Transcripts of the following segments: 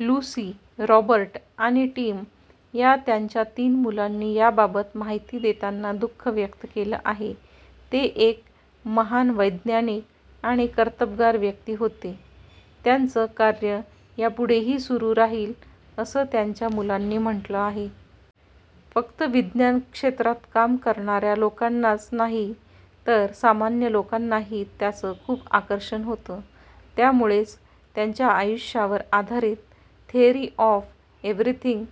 Lucy, Robert आणि Tim या त्यांच्या तीन मुलांनी याबाबत माहिती देताना दुःख व्यक्त केलं आहे. ते एक महान वैज्ञानिक आणि कर्तबगार व्यक्ती होते, त्यांच कार्य यापुढेही सुरू राहील, असं त्यांच्या मुलांनी म्हटलं आहे. फक्त विज्ञान क्षेत्रात काम करणाऱ्या लोकांनाच नाही तर सामान्य लोकांनाही त्यांचं खूप आकर्षण होतं. त्यामुळेच त्यांच्या आयुष्यावर आधारित थेअरी ऑफ एव्हरीथिंग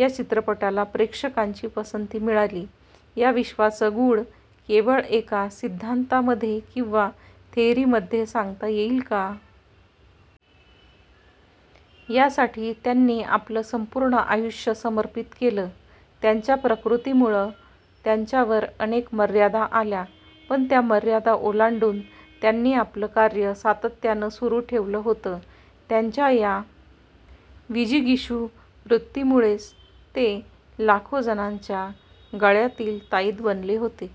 या चित्रपटाला प्रेक्षकांची पसंती मिळाली. या विश्वाचं गूढ केवळ एका सिद्धांतामध्ये किंवा थेअरीमध्ये सांगता येईल का? यासाठी त्यांनी आपलं संपूर्ण आयुष्य समर्पित केलं. त्यांच्या प्रकृतीमुळं त्यांच्यावर अनेक मर्यादा आल्या, पण त्या मर्यादा ओलांडून त्यांनी आपलं कार्य सातत्यानं सुरू ठेवलं होतं. त्यांच्या या विजिगीषू वृत्तीमुळेच ते लाखो जणांच्या गळ्यातील ताईत बनले होते.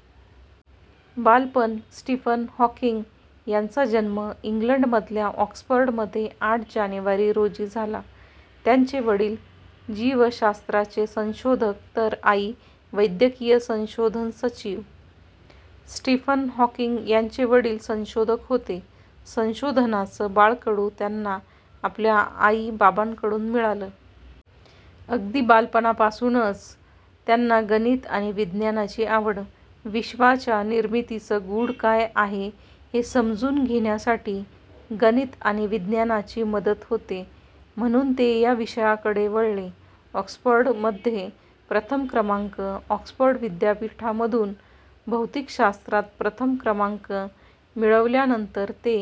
बालपण स्टीफन हॉकिंग यांचा जन्म इंग्लंडमधल्या ऑक्सफर्डमध्ये आठ जानेवारी रोजी झाला. त्यांचे वडील जीवशास्त्राचे संशोधक तर आई वैद्यकीय संशोधन सचिव. स्टीफन हॉकिंग यांचे वडील संशोधक होते. संशोधनाचं बाळकडू त्यांना आपल्या आई बाबांकडून मिळालं. अगदी बालपणापासूनच त्यांना गणित आणि विज्ञानाची आवड. विश्वाच्या निर्मितीचं गूढ काय आहे हे समजून घेण्यासाठी गणित आणि विज्ञानाची मदत होते, म्हणून ते या विषयांकडे वळले. ऑक्सफर्डमध्ये प्रथम क्रमांक ऑक्सफर्ड विद्यापीठामधून भौतिकशास्त्रात प्रथम क्रमांक मिळवल्यानंतर ते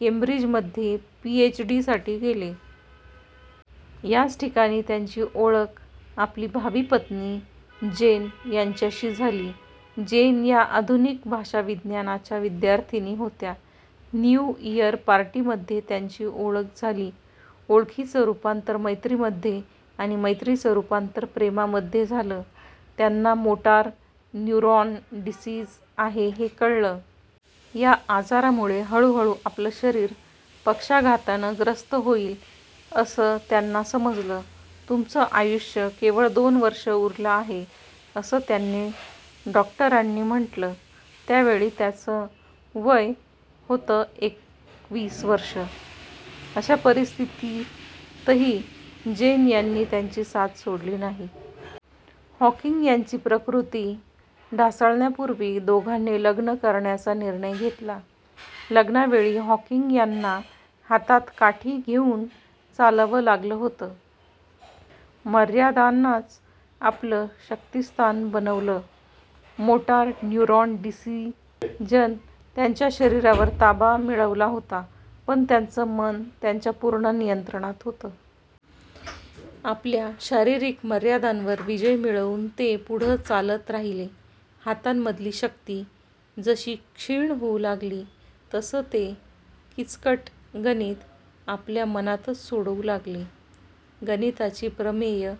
केंब्रिजमध्ये पीएचडीसाठी गेले. याच ठिकाणी त्यांची ओळख आपली भावी पत्नी जेन यांच्याशी झाली. जेन या आधुनिक भाषाविज्ञानाच्या विद्यार्थिनी होत्या. न्यू इअर पार्टीमध्ये त्यांची ओळख झाली. ओळखीचं रुपांतर मैत्रीमध्ये आणि मैत्रीचं रुपांतर प्रेमामध्ये झालं. त्यांना मोटार न्यूरॉन डिसीज आहे हे कळलं. या आजारामुळे हळुहळू आपलं शरीर पक्षाघातानं ग्रस्त होईल असं त्यांना समजलं. तुमचं आयुष्य केवळ दोन वर्ष उरलं आहे, असं त्यांना डॉक्टरांनी म्हटलं. त्यावेळी त्यांचं वय होतं एकवीस वर्षं. अशा परिस्थितीही जेन यांनी त्यांची साथ सोडली नाही. हॉकिंग यांची प्रकृती ढासळण्यापूर्वी दोघांनी लग्न करण्याचा निर्णय घेतला. लग्नावेळी हॉकिंग यांना हातात काठी घेऊन चालावं लागलं होतं. मर्यादांनाच आपलं शक्तिस्थान बनवलं मोटार न्यूरॉन डिसीजनं त्यांच्या शरीरावर ताबा मिळवला होता, पण त्यांचं मन त्यांच्या पूर्ण नियंत्रणात होतं. आपल्या शारीरिक मर्यादांवर विजय मिळवून ते पुढं चालत राहिले. हातांमधली शक्ती जशी क्षीण होऊ लागली तसं ते किचकट गणितं आपल्या मनातच सोडवू लागले. गणिताची प्रमेयं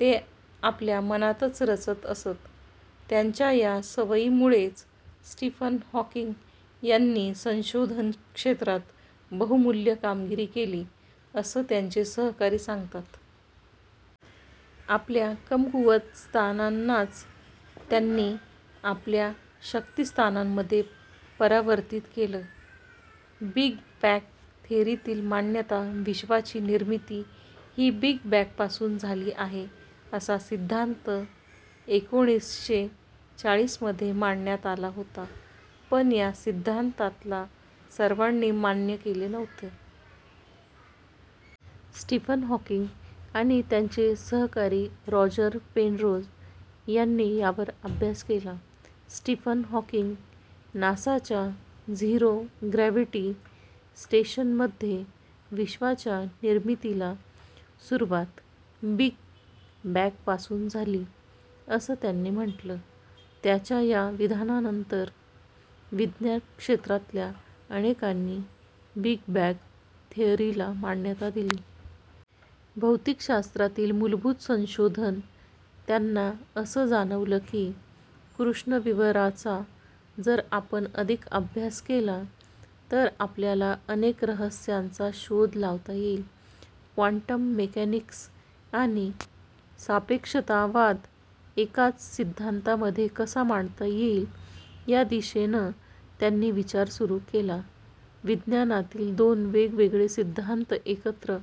ते आपल्या मनातच रचत असत. त्यांच्या या सवयीमुळेच स्टीफन हॉकिंग यांनी संशोधन क्षेत्रात बहुमूल्य कामगिरी केली, असं त्यांचे सहकारी सांगतात. आपल्या कमकुवत स्थानांनाच त्यांनी आपल्या शक्तिस्थानांमध्ये परावर्तित केलं. बिग बॅंग थेअरीला मान्यता विश्वाची निर्मिती ही बिग बॅंगपासून झाली आहे असा सिद्धांत एकोणीसशे चाळीसमध्ये मांडण्यात आला होता. पण या सिद्धांताला सर्वांनी मान्य केलं नव्हतं. स्टीफन हॉकिंग आणि त्यांचे सहकारी रॉजर पेनरोज यांनी यावर अभ्यास केला. स्टीफन हॉकिंग नासाच्या झिरो ग्रॅव्हिटी स्टेशनमध्ये. विश्वाच्या निर्मितीला सुरुवात बिग बॅंगपासून झाली असं त्यांनी म्हटलं. त्यांच्या या विधानानंतर विज्ञान क्षेत्रातल्या अनेकांनी बिग बॅंग थेअरीला मान्यता दिली. भौतिकशास्त्रातील मूलभूत संशोधन त्यांना असं जाणवलं की, कृष्णविवराचा जर आपण अधिक अभ्यास केला तर आपल्याला अनेक रहस्यांचा शोध लावता येईल. क्वांटम मेकॅनिक्स आणि सापेक्षतावाद एकाच सिद्धांतामध्ये कसा मांडता येईल या दिशेनं त्यांनी विचार सुरू केला. विज्ञानातील दोन वेगवेगळे सिद्धांत एकत्र